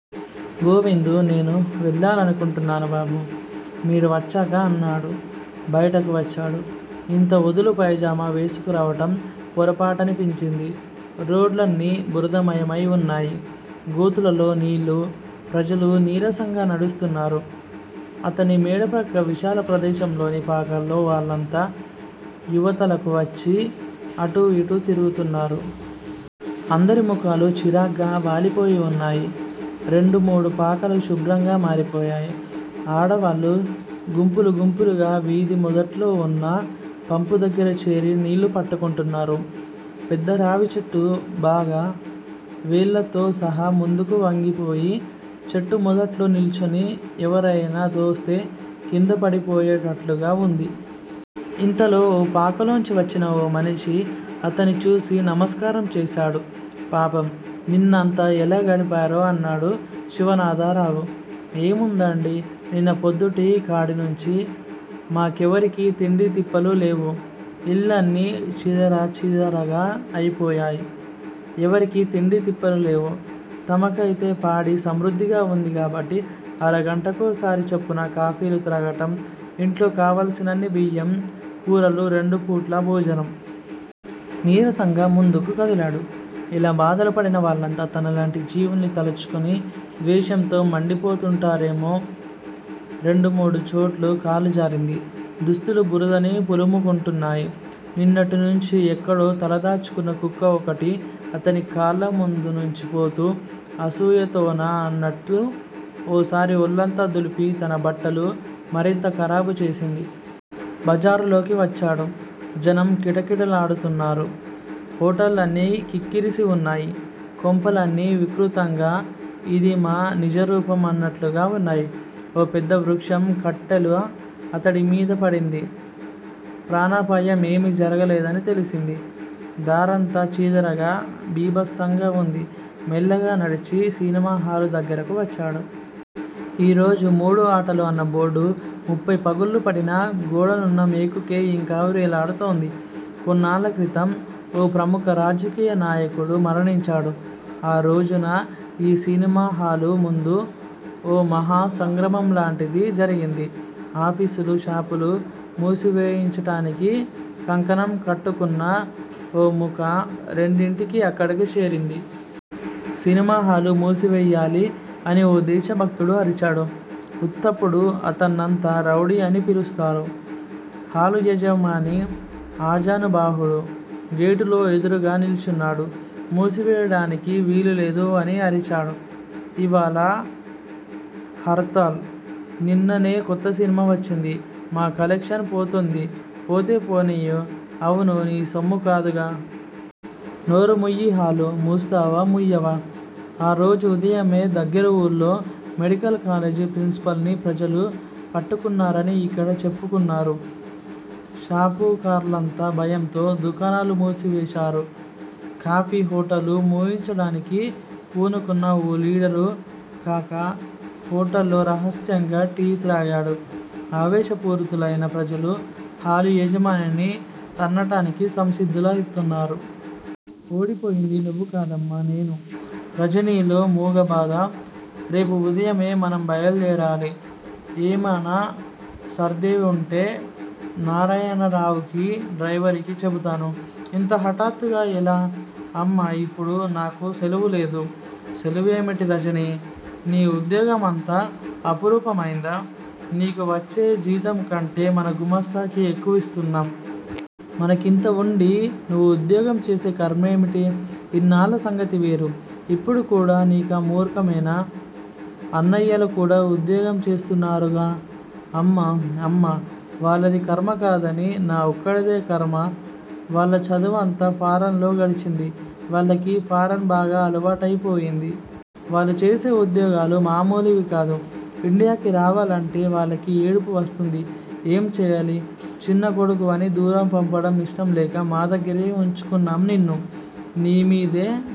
గోవిందు నేనూ వెళ్ళాలనుకుంటున్నాను బాబూ- మీరు వచ్చాక అన్నాడు. బయటకు వచ్చాడు. ఇంత ఒదులు పైజామా వేసుకురావటం పొరపాటని పించింది. రోడ్లన్నీ బురదమయమై వున్నాయి. గోతులలో నీళ్ళు, ప్రజలు నీరసంగా నడుస్తున్నారు. అతని మేడ ప్రక్క విశాల ప్రదేశంలోని పాకల్లో వాళ్ళంతా యివతలకు వచ్చి అటూ యిటూ తిరుగుతున్నారు. అందరి ముఖాలు చిరాగ్గా పాలిపోయి వున్నాయి. రెండు మూడు పాకలు శుభ్రంగా మారిపోయాయి. ఆడవాళ్ళు గుంపులు గుంపులుగా వీధి మొదట్లోవున్న పంపు దగ్గర చేరి నీళ్ళు పట్టుకుంటున్నారు. పెద్ద రావిచెట్టు బాగా, వ్రేళ్ళతో సహా ముందుకు వంగిపోయి, చెట్టు మొదట్లో నిల్చుని, ఎవరైనా తోస్తే క్రింద పడిపోయేటట్లుగా వుంది. ఇంతలో ఓ పాకలోంచి వచ్చిన ఓ మనిషి అతన్ని చూసి నమస్కారం చేశాడు. పాపం! నిన్నంతా ఎలా గడిపారో! అన్నాడు శివనాథరావు. ఏముందండీ? నిన్న పొద్దుటి కాడినుంచీ మాకెవరికీ తిండీ తిప్పలూ లేవు. ఇళ్ళన్నీ చీదర చీదరగా అయిపోయాయి. ఎవరికీ తిండీతిప్పలు లేవు. తమకైతే పాడి సమృద్దిగా వుంది కాబట్టి అరగంటకోసారి చొప్పున కాఫీలు త్రాగటం, ఇంట్లో కావలసినన్ని బియ్యం, కూరలు రెండు పూట్లా భోజనం. నీరసంగా ముందుకు కదిలాడు. ఇలా బాధలు పడినవాళ్ళంతా తనలాంటి జీవుల్ని తలుచుకుని ద్వేషంతో మండి పోతుంటారేమో! రెండు మూడు చోట్ల కాలు జారింది. దుస్తులు బురదని పులుముకుంటున్నాయి. నిన్నటి నుంచీ ఎక్కడో తలదాచుకున్న కుక్క ఒకటి అతని కాళ్ళ ముందు నుంచి పోతూ, అసూయతోనా అన్నట్లు ఓసారి ఒళ్ళంతా దులిపి తన బట్టలు మరింత ఖరాబు చేసింది. బజారులోకి వచ్చాడు. జనం కిటకిటలాడుతున్నారు. హోటళ్ళన్నీ క్రిక్కిరిసి వున్నాయి. కొంపలన్నీ వికృతంగా, ఇది మా నిజరూపం అన్నట్లుగా వున్నాయి. ఓ పెద్ద వృక్షం కట్టెల అతడి మీద పడింది. ప్రాణాపాయం ఏమీ జరగలేదని తెలిసింది. దారంతా చీదరగా, భీబత్సంగా వుంది. మెల్లిగా నడిచి సినిమాహాలు దగ్గరకు వచ్చాడు. ఈ రోజు మూడు ఆటలు అన్న బోర్డు ముఫ్ఫై పగుళ్ళు పడినా, గోడనున్న మేకుకే యింకా వ్రేలాడుతోంది. కొన్నాళ్ళ క్రితం ఓ ప్రముఖ రాజకీయ నాయకుడు మరణించాడు. ఆ రోజుణ యీ సినిమాహాలు ముందు ఓ మహా సంగ్రామంలాంటిది జరిగింది. ఆఫీసులూ, షాపులూ మూసివేయించటానికి కంకణం కట్టుకున్న ఓ మూక రెండింటికీ అక్కడకు చేరింది. సినిమాహాలు మూసివెయ్యాలి అని ఓ దేశభక్తుడు అరిచాడు. ఉత్తప్పుడు అతన్నంతా రౌడీ అని పిలుస్తారు. హాలు యజమాని ఆజానుబాహుడు. గేటులో ఎదురుగా నిల్చున్నాడు. మూసివేయడానికి వీలులేదు అని అరిచాడు. ఇవాళ హర్తాళ్. నిన్ననే కొత్త సినిమా వచ్చింది. మా కలెక్షన్ పోతుంది. పోతే పోనియ్యి. అవును నీ సొమ్ము కాదుగా. నోరు ముయ్యి హాలు మూస్తావా, ముయ్యవా? ఆరోజు ఉదయమే దగ్గర ఊళ్ళో మెడికల్ కాలేజి ప్రిన్సిపాల్ ని ప్రజలు పట్టుకున్నారని యిక్కడ చెప్పుకున్నారు. షావుకార్లంతా భయంతో దుకాణాలు మూసివేశారు. కాఫీ హోటళ్ళు మూయించడానికి పూనుకున్న ఓ లీడరు కాకా హోటల్లో రహస్యంగా టీ త్రాగాడు. ఆవేశపూరితులైన ప్రజలు హాలు యజమానిని తన్నటానికి సంసిద్దులౌతున్నారు. ఓడిపోయింది నువ్వు కాదమ్మా! నేను. రజనీలో మూగ బాధ. రేపు వుదయమే మనం బయల్దేరాలి! ఏమానా సర్దేవివుంటే నారాయణరావుకీ, డ్రైవరుకీ చెబుతాను. ఇంత హఠాత్తుగా ఎలా, అమ్మా? ఇప్పుడు నాకు సెలవులేదు. సెలవేమిటి, రజనీ? నీ ఉద్యోగం అంత అపురూపమైందా? నీకు వచ్చే జీతంకంటే మన గుమాస్తాకి ఎక్కువిస్తున్నాం. మనకింత వుండి నువ్వు ఉద్యోగం చేసే ఖర్మేమిటి? ఇన్నాళ్ళ సంగతి వేరు! ఇప్పుడు కూడా నీకా మూర్ఖమేనా? అన్నయ్యలు కూడా ఉద్యోగం చేస్తున్నారుగా, అమ్మా? అమ్మా? వాళ్లది ఖర్మ కానిది నా ఒక్కడిదే ఖర్మా? వాళ్ల చదువంతా ఫారిన్ లో గడిచింది. వాళ్లకి ఫారిన్ బాగా అలవాటైపోయింది. వాళ్లు చేసే ఉద్యోగాలు మామూలివి కాదు! ఇండియాకి రావాలంటే వాళ్లకి ఏడుపు వస్తుంది. ఏం చేయాలి? చిన్న కొడుకువని దూరం పంపడం ఇష్టంలేక మా దగ్గరే వుంచుకొన్నాం నిన్ను. నీ మీదే మా